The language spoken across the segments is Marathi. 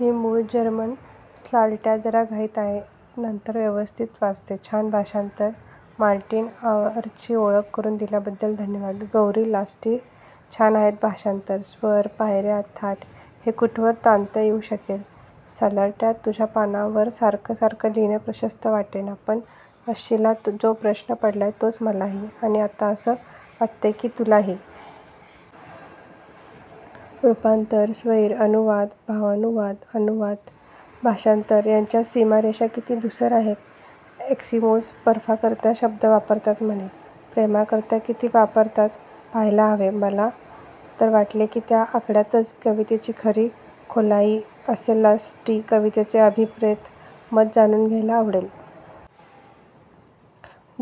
ही मूळ जर्मन. स्लार्ट्या- जरा घाईत आहे. नंतर व्यवस्थित वाचते. छान भाषांतर. मार्टिन आउअरची ओळख करून दिल्याबद्दल धन्यवाद! गौरीस्लार्टि, छान आहेत भाषांतरं. स्वर, पायर्या, थाट हे कुठवर ताणता येऊ शकेल? स्लार्ट्या- तुझ्या पानावर सारखं सारखं लिहीणे प्रशस्त वाटेना- पण आशिषला जो प्रश्न पडलाय तोच मलाही, आणि आता असं वाटतय की तुलाही. रुपांतर, स्वैर अनुवाद, भावानुवाद, अनुवाद, भाषांतर यांच्या सीमारेषा किती धुसर आहेत? एस्कीमोज बर्फाकरता शब्द वापरतात म्हणे. प्रेमाकरता किती वापरतात पहायला हवे. मला तर वाटले कि त्या आकड्यांतच कवितेची खरी खोलाइ असेलस्लार्टी, कविचे अभिप्रेत मत जाणुन घ्यायला आवडेल.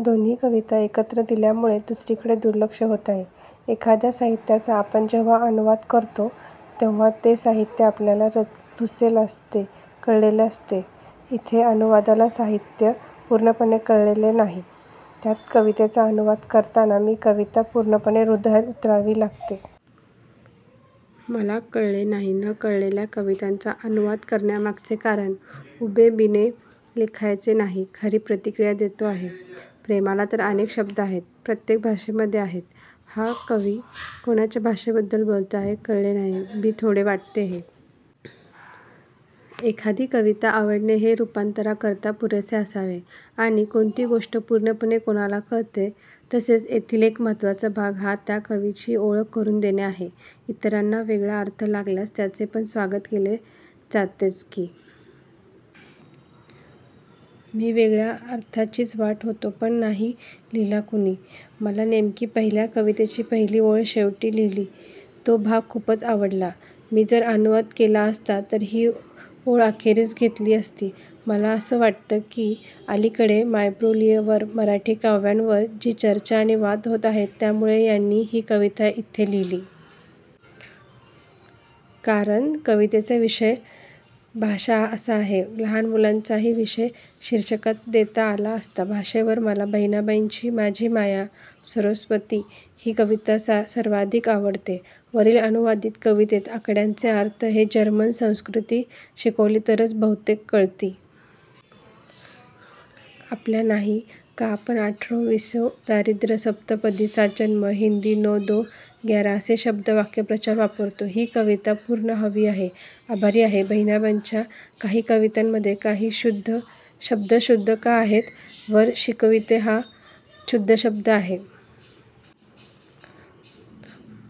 दोन्ही कविता एकत्र दिल्यामुळे दुसरीकडे दुर्लक्ष होत आहे. एखाद्या साहित्याचा आपण जेंव्हा अनुवाद करतो तेंव्हा ते साहित्य आपल्याला रुचले असते कळलेले असते. इथे अनुवादकाला साहित्य पुर्णपणे कळले नाही. त्यात कवितेचा अनुवाद करताना ती कविता पुर्णपणे हृदयात उतरावी लागते. मला कळले नाही न कळलेल्या कवितेचा अनुवाद करण्यामागचे कारण. उणेबिणे लेखायचे नाही.. खरी प्रतिक्रिया देतो आहे. प्रेमाला तर अनेक शब्द आहेत, प्रत्येक भाषेमधे आहेत. हा कवी कुणाच्या भाषेबद्दल बोलतो आहे कळले नाही. बी, थोडे वाटते हे. एखादी कविता आवडणे हे रुपांतरा करता पुरेसे असावे. आणि कोणती गोष्ट पुर्णपणे कुणाला कळते? तसेच येथील एक महत्वाचा भाग हा त्या कवीची ओळख करुन देणे आहे. ईतरांना वेगळा अर्थ लागल्यास त्याचे पण स्वागत केल्या जातेच की! मी वेगळ्या अर्थाचीच वाट होतो पण नाही लिहिला कुणी. मला नेमकी पहिल्या कवितेची पहिली ओळ शेवटी लिहिली तो भाग खूपच आवडला. मी जर अनुवाद केला असता तर ही ओळ अखेरीस घेतली असती. मला असं वाटतं की अलिकडे मायबोलिवर मराठी व्याकरणावर जी चर्चा आणि वाद होत आहेत त्यामुळे यानी ही कविता इथे लिहिली. कारण कवितेचा विषय भाषा असा आहे. लहान मुलांचाही विषय शीर्षकात देता आला असता. भाषेवर मला बहिणाबाईंची 'माझी माय सरोस्वती' ही कविता सर्वाधिक आवडते. वरील अनुवादीत कवितेत आकड्यांचे अर्थ हे जर्मन संस्कृती शिकली तरच बहुतेक कळलीत. आपल्यात नाही का आपण अठरा-वीसे दारिद्र्य, सप्तपदी, सात जन्म, हिन्दी नौ दो ग्यारा असे शब्द/वाक्प्रचार वापरतो. ही कविता पुर्ण हवी आहे. आभारी आहे.. बहिनाबाईंच्या काही कवितांमधे काही शब्द शुद्ध का आहेत? वर 'शिकविते 'हा शुद्ध शब्द आहे.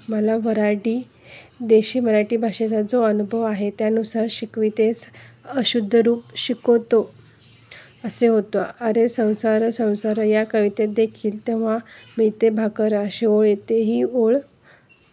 मला वर्हाडी ांदेशी मराठी भाषेचा जो अनुभव आहे त्यानुसार शिकवितेचे अशुद्ध रुप शिकोते असे होते. अरे संसार संसार या कवितेत देखील 'तेंव्हा मिळते भाकर' अशी ओळ येते. ही ओळ